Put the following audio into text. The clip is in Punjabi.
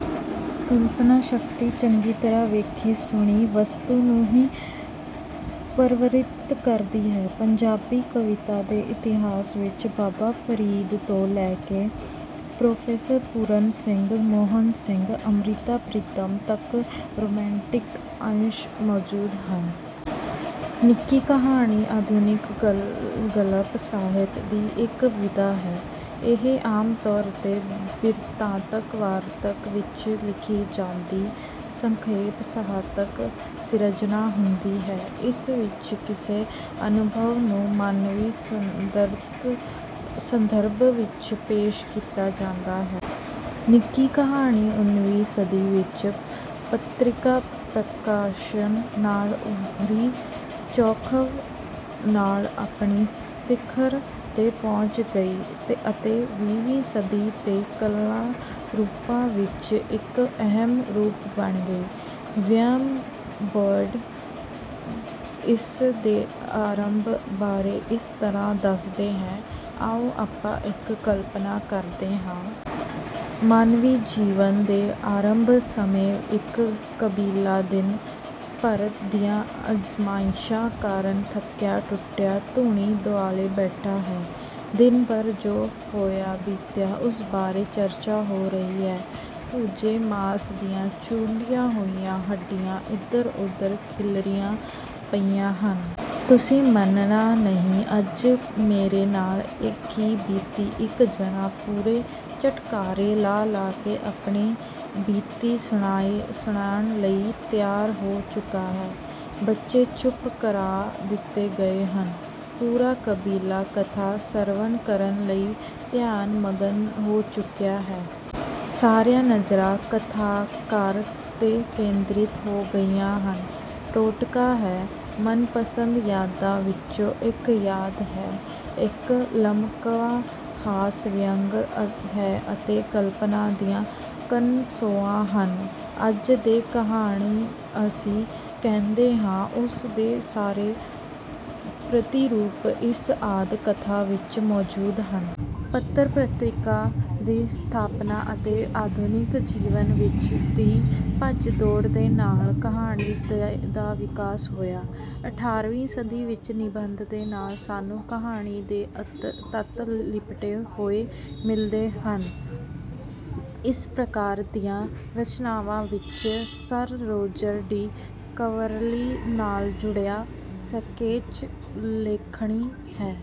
ਕਲਪਨਾ ਸ਼ਕਤੀ ਚੰਗੀ ਤਰ੍ਹਾਂ ਵੇਖੀ-ਸੁਣੀ ਵਸਤੂ ਨੂੰ ਹੀ ਪਰਵਰਿਤ ਕਰਦੀ ਹੈ। ਪੰਜਾਬੀ ਕਵਿਤਾ ਦੇ ਇਤਿਹਾਸ ਵਿੱਚ ਬਾਬਾ ਫਰੀਦ ਤੋਂ ਲੈ ਕੇ ਪ੍ਰੋ. ਪੂਰਨ ਸਿੰਘ, ਮੋਹਨ ਸਿੰਘ, ਅੰਮ੍ਰਿਤਾ ਪ੍ਰੀਤਮ ਤੱਕ ਰੋਮਾਂਟਿਕ ਅੰਸ਼ ਮੌਜੂਦ ਹਨ। ਨਿੱਕੀ ਕਹਾਣੀ ਆਧੁਨਿਕ ਗਲਪ ਸਾਹਿਤ ਦੀ ਇੱਕ ਵਿਧਾ ਹੈ। ਇਹ ਆਮ ਤੌਰ 'ਤੇ ਬਿਰਤਾਂਤਕ ਵਾਰਤਕ ਵਿੱਚ ਲਿਖੀ ਜਾਂਦੀ ਸੰਖੇਪ ਸਾਹਿਤਕ ਸਿਰਜਣਾ ਹੁੰਦੀ ਹੈ। ਇਸ ਵਿੱਚ ਕਿਸੇ ਅਨੁਭਵ ਨੂੰ ਮਾਨਵੀ ਸੰਦਰਭ ਵਿੱਚ ਪੇਸ਼ ਕੀਤਾ ਜਾਂਦਾ ਹੈ। ਨਿੱਕੀ ਕਹਾਣੀ ਉਨੀਵੀਂ ਸਦੀ ਵਿੱਚ ਪੱਤਰਿਕਾ ਪ੍ਰਕਾਸ਼ਨ ਨਾਲ ਉਭਰੀ, ਚੌਖਵ ਨਾਲ ਆਪਣੀ ਸਿਖਰ 'ਤੇ ਪਹੁੰਚ ਗਈ ਅਤੇ ਵੀਹਵੀਂ ਸਦੀ ਦੇ ਕਲਾ ਰੂਪਾਂ ਵਿੱਚ ਇੱਕ ਅਹਿਮ ਰੂਪ ਬਣ ਗਈ। ਵਿਲੀਅਮ ਬੋਇਡ ਇਸ ਦੇ ਆਰੰਭ ਬਾਰੇ ਇਸ ਤਰ੍ਹਾਂ ਦੱਸਦਾ ਹੈ: ਆਓ ਆਪਾਂ ਇੱਕ ਕਲਪਨਾ ਕਰਦੇ ਹਾਂ। ਮਾਨਵੀ ਜੀਵਨ ਦੇ ਆਰੰਭ ਸਮੇਂ ਇੱਕ ਕਬੀਲਾ ਦਿਨ ਭਰ ਦੀਆਂ ਅਜ਼ਮਾਇਸ਼ਾਂ ਕਾਰਨ ਥੱਕਿਆ-ਟੁੱਟਿਆ ਧੂਣੀ ਦੁਆਲੇ ਬੈਠਾ ਹੈ। ਦਿਨ ਭਰ ਜੋ ਹੋਇਆ-ਬੀਤਿਆ ਉਸ ਬਾਰੇ ਚਰਚਾ ਹੋ ਰਹੀ ਹੈ। ਭੁੱਜੇ ਮਾਸ ਦੀਆਂ ਚੂੰਡੀਆਂ ਹੋਈਆਂ ਹੱਡੀਆਂ ਇਧਰ-ਉਧਰ ਖਿੱਲਰੀਆਂ ਪਈਆਂ ਹਨ। ਤੁਸੀਂ ਮੰਨਣਾ ਨਹੀਂ ਅੱਜ ਮੇਰੇ ਨਾਲ ਕੀ ਬੀਤੀ ਇੱਕ ਜਣਾ ਪੂਰੇ ਚਟਖਾਰੇ ਲਾ-ਲਾ ਕੇ ਆਪਣੀ ਬੀਤੀ ਸੁਣਾਉਣ ਲਈ ਤਿਆਰ ਹੋ ਚੁੱਕਾ ਹੈ। ਬੱਚੇ ਚੁੱਪ ਕਰਾ ਦਿੱਤੇ ਗਏ ਹਨ। ਪੂਰਾ ਕਬੀਲਾ ਕਥਾ ਸਰਵਣ ਕਰਨ ਲਈ ਧਿਆਨ-ਮਗਨ ਹੋ ਚੁੱਕਿਆ ਹੈ। ਸਾਰੀਆਂ ਨਜ਼ਰਾਂ ਕਥਾਕਾਰ 'ਤੇ ਕੇਂਦ੍ਰਿਤ ਹੋ ਗਈਆਂ ਹਨ। ਟੋਟਕਾ ਹੈ, ਮਨਪਸੰਦ ਯਾਦਾਂ ਵਿੱਚੋਂ ਇੱਕ ਯਾਦ ਹੈ, ਇੱਕ ਲਮਕਵਾਂ ਹਾਸ-ਵਿਅੰਗ ਹੈ ਅਤੇ ਕਲਪਨਾ ਦੀਆਂ ਕਨਸੋਆਂ ਹਨ। ਅੱਜ ਦੇ ਕਹਾਣੀ ਅਸੀਂ ਕਹਿੰਦੇ ਹਾਂ ਉਸ ਦੇ ਸਾਰੇ ਪ੍ਰਤਿਰੂਪ ਇਸ ਆਦਿ ਕਥਾ ਵਿੱਚ ਮੌਜੂਦ ਸਨ। ਪੱਤਰ-ਪੱਤ੍ਰਿਕਾਵਾਂ ਦੀ ਸਥਾਪਨਾ ਅਤੇ ਆਧੁਨਿਕ ਜੀਵਨ ਦੀ ਭੱਜ-ਦੌੜ ਦੇ ਨਾਲ ਕਹਾਣੀ ਦਾ ਵਿਕਾਸ ਹੋਇਆ। ਅਠਾਰ੍ਹਵੀਂ ਸਦੀ ਵਿੱਚ ਨਿਬੰਧ ਦੇ ਨਾਲ ਸਾਨੂੰ ਕਹਾਣੀ ਦੇ ਤੱਤ ਲਿਪਟੇ ਹੋਏ ਮਿਲਦੇ ਹਨ। ਇਸ ਪ੍ਰਕਾਰ ਦੀਆਂ ਰਚਨਾਵਾਂ ਵਿੱਚ ਸਰ ਰੋਜਰ ਡੀ ਕਵਰਲੀ ਨਾਲ ਜੁੜਿਆ ਸਕੈਚ ਉਲੇਖਣੀ ਹੈ।